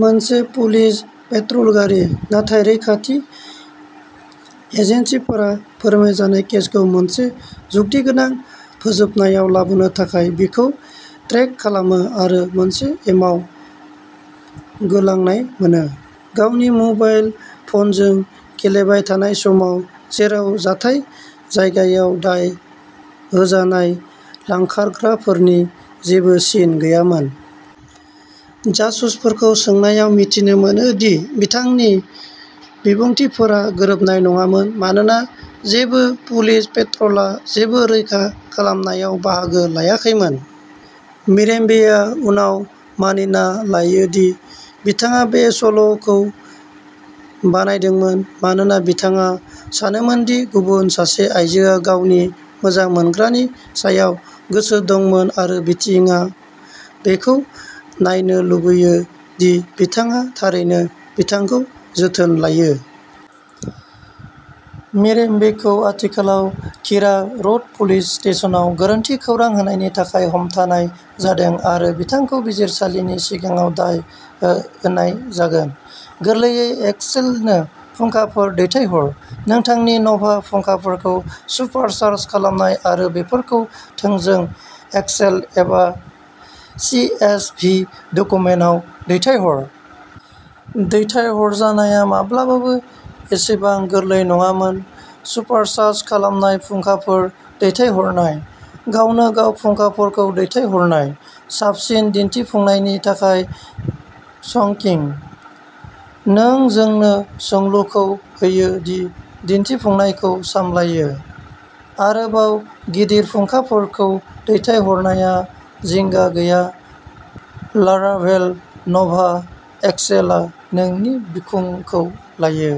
मोनसे police patrol गारि। नाथाय रैखाथि एजेन्सिफोरा फोरमायजानाय केसखौ मोनसे जुक्तिगोनां फोजोबनायाव लाबोनो थाखाय, बिखौ ट्रेक खालामो आरो मोनसे एमाव गोलांनाय मोनो, गावनि मबाइल फनजों गेलेबाय थानाय समाव, जेराव जाथाय जायगायाव दाय होजानाय लांखारग्राफोरनि जेबो सिन गैयामोन। जासुसफोरखौ सोंनायाव मिथिनो मोनो दि बिथांनि बिबुंथिफोरा गोरोबनाय नङामोन, मानोना जेबो पुलिस पेट्रलआ जेबो रैखा खालामनायाव बाहागो लायाखैमोन। मिरेम्बेआ उनाव मानिना लायो दि बिथाङा बे सल'खौ बानायदोंमोन मानोना बिथाङा सानोमोनदि गुबुन सासे आइजोआ गावनि मोजां मोनग्रानि सायाव गोसो दंमोन आरो बिथाङा बेखौ नायनो लुगैयो दि बिथाङा'थारैनो बिथांखौ जोथोन लायो'। मिरेम्बेखौ आथिखालाव किरा रड पुलिस स्टेशनाव गोरोन्थि खौरां होनायनि थाखाय हमथानाय जादों आरो बिथांखौ बिजिरसालिनि सिगाङाव दाय होनाय जागोन। गोरलैयै एक्सेलनो फुंखाफोर दैथायहर। नोंथांनि नभा फुंखाफोरखौ सुपारचार्ज खालाम आरो बेफोरखौ थोंजों एक्सेल एबा सि एस भि डकुमेन्टआव दैथायहर। दैथायहरनाया माब्लाबाबो एसेबां गोरलै नङामोन। सुपारचार्ज खालामनाय फुंखाफोर दैथायहरनाय। गावनो गाव फुंखाफोरखौ दैथायहरनाय। साबसिन दिन्थिफुंनायनि थाखाय चंकिं। नों जोंनो सोंलुखौ होयो, जों दिन्थिफुंनायखौ सामलायो। आरोबाव गिदिर फुंखाफोरखौ दैथायहरनाया जिंगा गैया, लाराभेल नभा एक्सेलआ नोंनि बिखुंखौ लायो।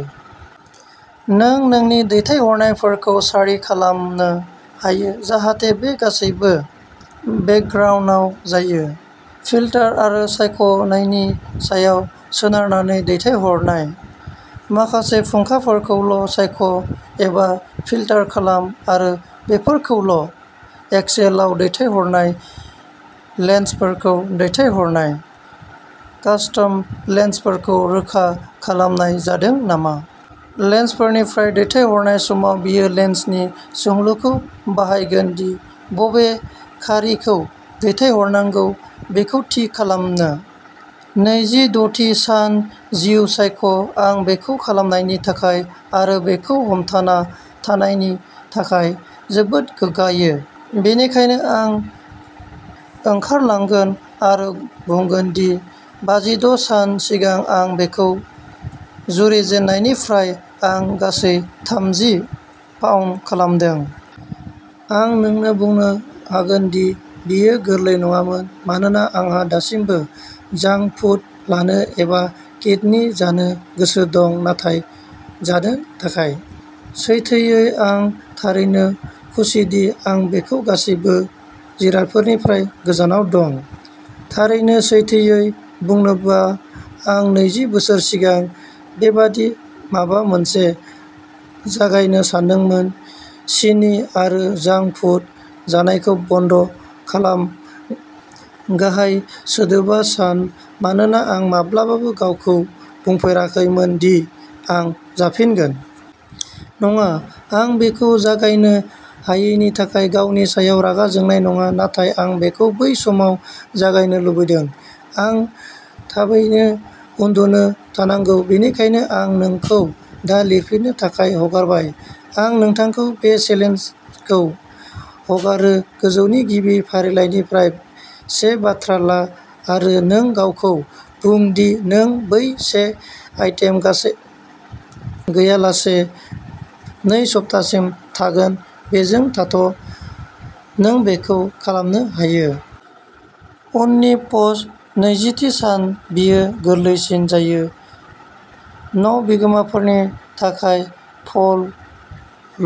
नों नोंनि दैथायहरनायफोरखौ सारि खालामनो हायो जाहाथे बे गासैबो बेकग्राउन्दआव जायो। फिल्टार आरो सायख'नायनि सायाव सोनारनानै दैथायहरनाय। माखासे फुंखाफोरखौल' सायख' एबा फिल्टार खालाम आरो बेफोरखौल' एक्सेलआव दैथायहरनाय लेन्सफोरखौ दैथायहरनाय। कास्टम लेन्सफोरखौ रोखा खालामनाय जादों नामा? लेन्सनिफ्राय दैथायहरनाय समाव, बेयो लेन्सनि सोंलुखौ बाहायगोन दि बबे खारिखौ दैथायहरनांगौ बेखौ थि खालामनो! नैजि द'थि सान-जिउ सायख' आं बेखौ खालामनायनि थाखाय आरो बेखौ हमथाना थानायनि थाखाय जोबोद गोग्गाङो। बेनिखायनो आं ओंखारलांगोन आरो बुंगोन दि बाजिद' सान सिगां आं बेखौ जुरिजेननायनिफ्राय आं गासै थामजि पाउन्द खोमादों। आं नोंनो बुंनो हागोन दि बेयो गोरलै नङामोन मानोना आंहा दासिमबो जांक फुड लानो एबा केन्डी जानो गोसो दं, नाथाय जानो थाखाय। सैथोयै, आं थारैनो खुसिदि आं बेफोर गासैबो जिरादफोरनिफ्राय गोजानाव दं। थारैनो सैथोयै बुंनोब्ला आं नैजि बोसोर सिगां बेबादि माबा मोनसे जागायनो सानदोंमोन, सिनि आरो जांक फुड जानायखौ बन्द खालाम गाहाय सोदोबा' सान' मानोना आं माब्लाबाबो गावखौ बुंफेराखैमोन दि आं जाफिनगोन। नङा, आं बेखौ जागायनो हायैनि थाखाय गावनि सायाव रागा जोंनाय नङा, नाथाय आं बेखौ बै समाव जागायनो लुबैदों। आं थाबैनो उन्दुनो थांनांगौ, बेनिखायनो आं नोंखौ दा लिरफिन्नो थाखाय हगारबाय। आं नोंथांनो बे चेलेन्जखौ हगारो-गोजौनि गिबि फारिलाइनिफ्राय से बाथ्रा ला आरो नों गावखौ बुं दि नों बै से आइटेम गैयालासे नै सप्तासिम थागोन बेजों थाथ ' नों बेखौ खालामनो हायो। उननि पस्ट नैजिथि सान-बेयो गोरलैसिन जायो न'बिगोमाफोरनि थाखाय फल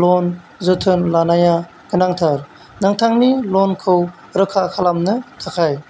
लन जोथोन लानाया गोनांथार। नोंथांनि लनखौ रोखा खालामनो थाखाय।